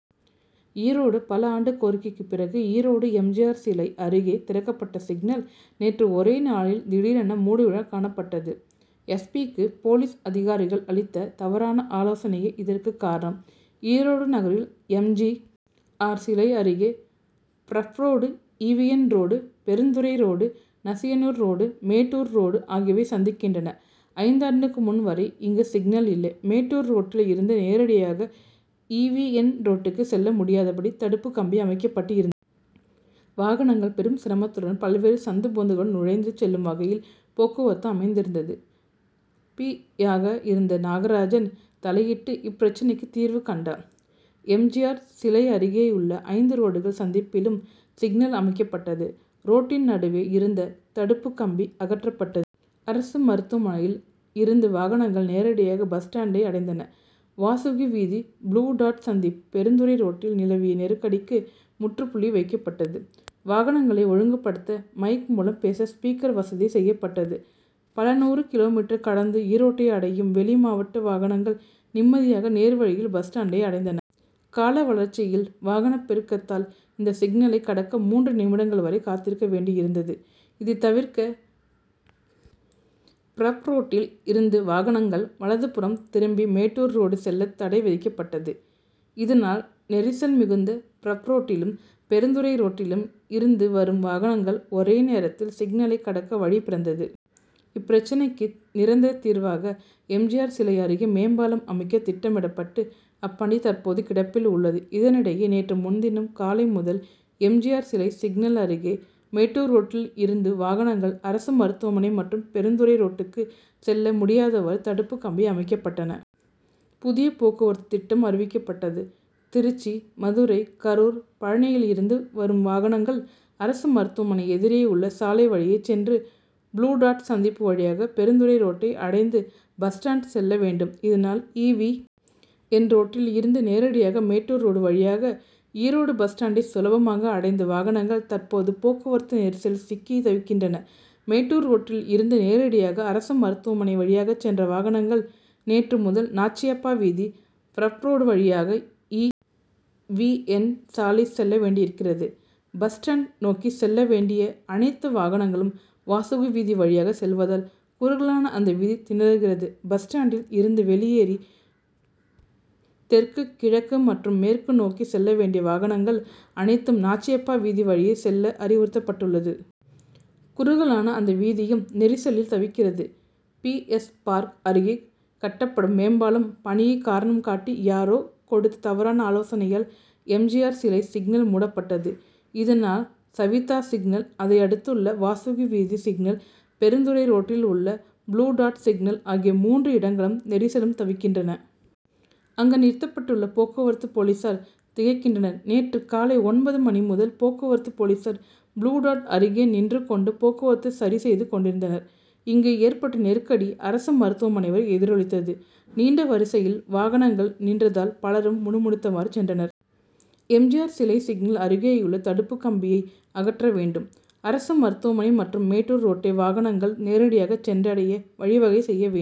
ஈரோடு பல ஆண்டு கோரிக்கைக்கு பிறகு ஈரோடு எம். ஜி. ஆர்., சிலை அருகே திறக்கப்பட்ட சிக்னல், நேற்று ஒரே நாளில் திடீரென மூடு விழா காணப்பட்டது. எஸ். பி.,க்கு போலீஸ் அதிகாரிகள் அளித்த தவறான ஆலோசனையே இதற்கு காரணம். ஈரோடு நகரில் எம். ஜி. ஆர்., சிலை அருகே Brough road, E. V. N. Road, Perundurai road, Nasiyanur road, Mettur road ஆகியவை சந்திக்கின்றன. ஐந்தாண்டுக்கு முன் வரை இங்கு சிக்னல் இல்லை. மேட்டூர் ரோட்ல இருந்து நேரடியாக ஈ. வி. என். ரோட்டுக்கு செல்ல முடியாதபடி தடுப்பு கம்பி அமைக்கப்பட்டிருந். வாகனங்கள் பெரும் சிரமத்துடன் பல்வேறு சந்து பொந்துகளுள் நுழைந்து செல்லும் வகையில் போக்குவரத்து அமைந்திருந்தது. பி.,யாக இருந்த நாகராஜன் தலையிட்டு இப்பிரச்னைக்கு தீர்வு கண்டார். எம். ஜி. ஆர். சிலை அருகேயுள்ள ஐந்து ரோடுகள் சந்திப்பிலும் சிக்னல் அமைக்கப்பட்டது. ரோட்டின் நடுவே இருந்த தடுப்பு கம்பி அகற்றப்பட்ட. அரசு மருத்துவமனையில் இருந்து வாகனங்கள் நேரடியாக பஸ் ஸ்டாண்டை அடைந்தன. வாசுகி வீதி, புளூ டாட் சந்திப்பு, பெருந்துறை ரோட்டில் நிலவிய நெருக்கடிக்கு முற்றுப்புள்ளி வைக்கப்பட்டது. வாகனங்களை ஒழுங்குபடுத்த மைக் மூலம் பேச ஸ்பீக்கர் வசதி செய்யப்பட்டது. பல நூறு கி. மீ., கடந்து ஈரோட்டை அடையும் வெளி மாவட்ட வாகனங்கள் நிம்மதியாக நேர் வழியில் பஸ் ஸ்டாண்டை அடைந்தன. கால வளர்ச்சியில் வாகனப் பெருக்கத்தால் இந்த சிக்னலை கடக்க மூன்று நிமிடம்கள் வரை காத்திருக்க வேண்டியிருந்தது. இதை தவிர்க்க பிரப் ரோட்டில் இருந்து வாகனங்கள் வலதுபுறம் திரும்பி மேட்டூர் ரோடு செல்ல தடை விதிக்கப்பட்டது. இதனால், நெரிசல் மிகுந்த பிரப் ரோட்டிலும், பெருந்துறை ரோட்டிலும் இருந்து வரும் வாகனங்கள் ஒரே நேரத்தில் சிக்னலை கடக்க வழி பிறந்தது. இப்பிரச்னைக்கு நிரந்தர தீர்வாக எம். ஜி. ஆர். சிலை அருகே மேம்பாலம் அமைக்க திட்டமிடப்பட்டு, அப்பணி தற்போது கிடப்பில் உள்ளது. இதனிடையே, நேற்று முன்தினம் காலை முதல் எம். ஜி. ஆர்., சிலை சிக்னல் அருகே மேட்டூர் ரோட்டில் இருந்து வாகனங்கள் அரசு மருத்துவமனை மற்றும் பெருந்துறை ரோட்டுக்கு செல்ல முடியாதவாறு தடுப்பு கம்பி அமைக்கப்பட்டன. புதிய போக்குவரத்து திட்டம் அறிவிக்கப்பட்டது. திருச்சி, மதுரை கரூர், பழனியில் இருந்து இருந்து வரும் வாகனங்கள் அரசு மருத்துவமனை எதிரே உள்ள சாலை வழியே சென்று, புளூ டாட்' சந்திப்பு வழியாக பெருந்துறை ரோட்டை அடைந்து பஸ் ஸ்டாண்டு செல்ல வேண்டும். இதனால், ஈ. வி. என்., ரோட்டில் இருந்து நேரடியாக மேட்டூர் ரோடு வழியாக ஈரோடு பஸ் ஸ்டாண்டை சுலபமாக அடைந்த வாகனங்கள் தற்போது போக்குவரத்து நெரிசல் சிக்கி தவிக்கின்றன. மேட்டூர் ரோட்டில் இருந்து நேரடியாக அரசு மருத்துவமனை வழியாக சென்ற வாகனங்கள், நேற்று முதல் நாச்சியப்பா வீதி, பிரப் ரோடு, வழியாக இ. வி. என்., சாலை செல்ல வேண்டியிருக்கிறது. பஸ் ஸ்டாண்டு நோக்கி செல்ல வேண்டிய அனைத்து வாகனங்களும் வாசுகி வீதி வழியாக செல்வதால், குறுகலான அந்த வீதி திணறுகிறது. பஸ் ஸ்டாண்டில் இருந்து வெளியேறி தெற்கு, கிழக்கு மற்றும் மேற்கு நோக்கி செல்ல வேண்டிய வாகனங்கள் அனைத்தும் நாச்சியப்பா வீதி வழியே செல்ல அறிவுறுத்தப்பட்டுள்ளது. குறுகலான அந்த வீதியும் நெரிசலில் தவிக்கிறது. பி. எஸ். பார்க் அருகே கட்டப்படும் மேம்பாலம் பணியை காரணம் காட்டி, யாரோ கொடுத்த தவறான ஆலோசனையால் எம். ஜி. ஆர். சிலை சிக்னல் மூடப்பட்டது. இதனால், சவீதா சிக்னல், அதையடுத்துள்ள வாசுகி வீதி சிக்னல், பெருந்துறை ரோட்டில் உள்ள புளூ டாட்' சிக்னல் ஆகிய மூன்று இடங்களும் நெரிசலும் தவிக்கின்றன. அங்கு நிறுத்தப்பட்டுள்ள போக்குவரத்து போலீஸார் திகைக்கின்றனர். நேற்று காலை ஒன்பது மணி முதல் போக்குவரத்து போலீஸார், புளூ டாட்' அருகே நின்று கொண்டு போக்குவரத்தை சரி செய்து கொண்டிருந்தனர். இங்கு ஏற்பட்ட நெருக்கடி, அரசு மருத்துவமனை வரை எதிரொலித்தது. நீண்ட வரிசையில் வாகனங்கள் நின்றதால் பலரும் முணுமுணுத்தவாறு சென்றனர். எம். ஜி. ஆர்., சிலை சிக்னல் அருகேயுள்ள தடுப்பு கம்பியை அகற்ற வேண்டும். அரசு மருத்துவமனை மற்றும் மேட்டூர் ரோட்டை வாகனங்கள் நேரடியாக சென்றடைய வழி வகை செய்ய வேண்டு.